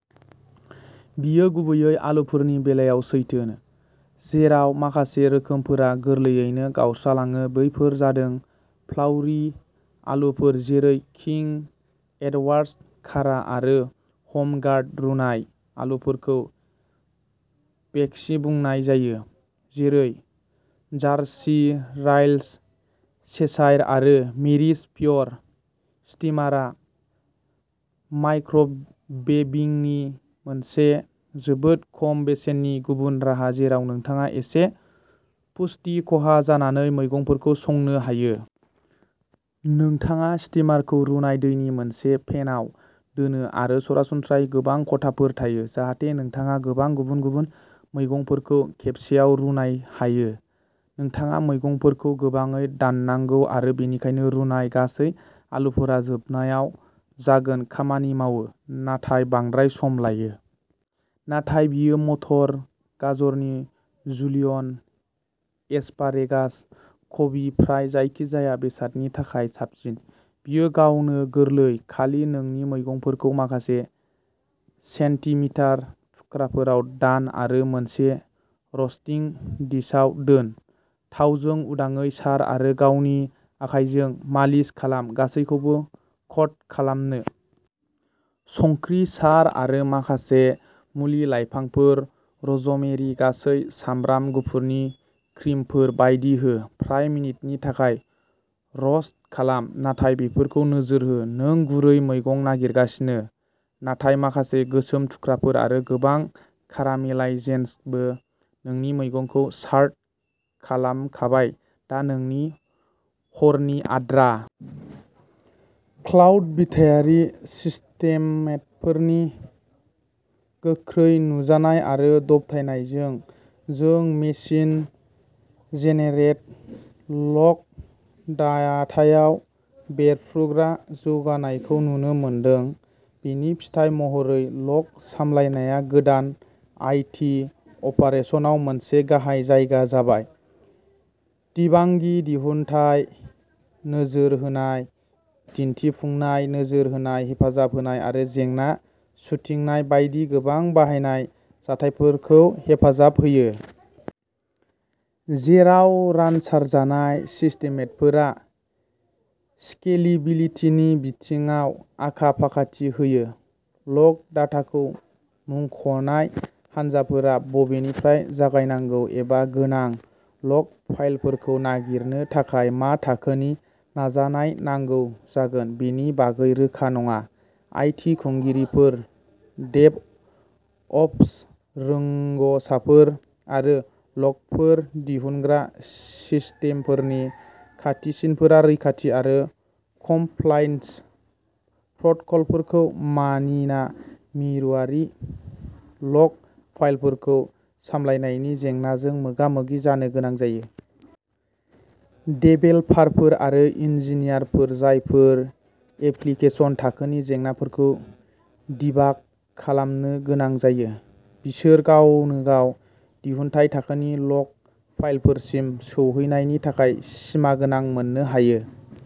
बेयो गुबैयै आलुफोरनि बेलायाव सैथो, जेराव माखासे रोखोमफोरा गोरलैयैनो गावस्रालाङो। बेफोर जादों'फ्लाउरि'आलुफोर जेरै किं एडवार्ड्स, कारा आरो हम गार्ड। रुनाय आलुफोरखौ'वेक्सि'बुंनाय जायो-जेरै जार्सि रायल्स, चेशायर आरो मेरिस पीयर। स्टीमारआ माइक्र'वेभिंनि मोनसे जोबोद खम बेसेननि गुबुन राहा, जेराव नोंथाङा इसे पुष्टि खहा जानानै मैगंफोरखौ संनो हायो। नोंथाङा स्टीमारखौ रुनाय दैनि मोनसे पेनआव दोनो, आरो सरासनस्रायै गोबां खथाफोर थायो जाहाथे नोंथाङा गोबां गुबुन-गुबुन मैगंफोरखौ खेबसेआव रुनाय हायो। नोंथाङा मैगंफोरखौ गोबाङै दाननांगौ, आरो बेनिखायनो रुनाय गासै आलुफोरा जोबनायाव जागोन। खामानि मावो, नाथाय बांद्राय सम लायो। नाथाय बेयो मटर, गाजरनि जुलियन, एस्पारेगास, कबि-फ्राय जायखिजाया बेसादनि थाखाय साबसिन। बेयो गावनो गोरलै। खालि नोंनि मैगंफोरखौ माखासे सेन्टिमिटार थुख्राफोराव दान आरो मोनसे रस्टिं डिशआव दोन। थावजों उदाङै सार आरो गावनि आखाइजों मालिस खालाम गासैबोखौ क'ट खालामनो। संख्रि सार आरो माखासे मुलि-लाइफांफोर, र'जमेरि, गासै सामब्राम गुफुरनि क्रिमफोर बायदि हो। फ्राय मिनिटनि थाखाय र'स्ट खालाम, नाथाय बेफोरखौ नोजोर हो। नों गुरै मैगं नागिरगासिनो, नाथाय माखासे गोसोम थुख्राफोर आरो गोबां कारामेलाइजेसनबो। नोंनि मैगंखौ सार्ट खालामखाबाय, दा नोंनि हरनि आद्रा! क्लाउड-बिथायारि सिस्टेमफोरनि गोख्रै नुजानाय आरो दबथायनायजों, जों मेसिन-जेनेरेटेड लग डाटायाव बेरफ्रुग्रा जौगानायखौ नुनो मोनदों। बेनि फिथाय महरै, लग सामलायनाया गोदान आइ. टि. अपारेसनाव मोनसे गाहाय जायगा जाबाय, डिबागिं, दिहुनथाय नोजोर होनाय, दिन्थिफुंनाय नोजोर होनाय, हेफाजाब होनाय आरो जेंना सुथिंनाय बायदि गोबां बाहायनाय जाथायफोरखौ हेफाजाब होयो। जेराव रानसारजानाय सिस्टेमफोरा स्केलिबिलितिनि बिथिङाव आखा-फाखाथि होयो, लग डाटाखौ मुंख'नाय हानजाफोरा बबेनिफ्राय जागायनांगौ एबा गोनां लग फाइलफोरखौ नागिरनो थाखाय मा थाखोनि नाजानाय नांगौ जागोन बेनि बागै रोखा नङा। आइ. टि. खुंगिरिफोर, डेभअप्स रोंग'साफोर आरो लगफोर दिहुनग्रा सिस्टेमफोरनि खाथिसिनफोरा रैखाथि आरो कमप्लायन्स प्रट'कलफोरखौ मानिना मिरुआरि लग फाइलफोरखौ सामलायनायनि जेंनाजों मोगा-मोगि जानो गोनां जायो। देभेलपारफोर आरो इन्जिनियारफोर जायफोरा एप्लिकेसन-थाखोनि जेंनाफोरखौ डिबाग खालामनो गोनां जायो, बिसोर गावनोगाव दिहुनथाय-थाखोनि लग फाइलफोरसिम सौहैनायनि थाखाय सिमागोनां मोननो हायो।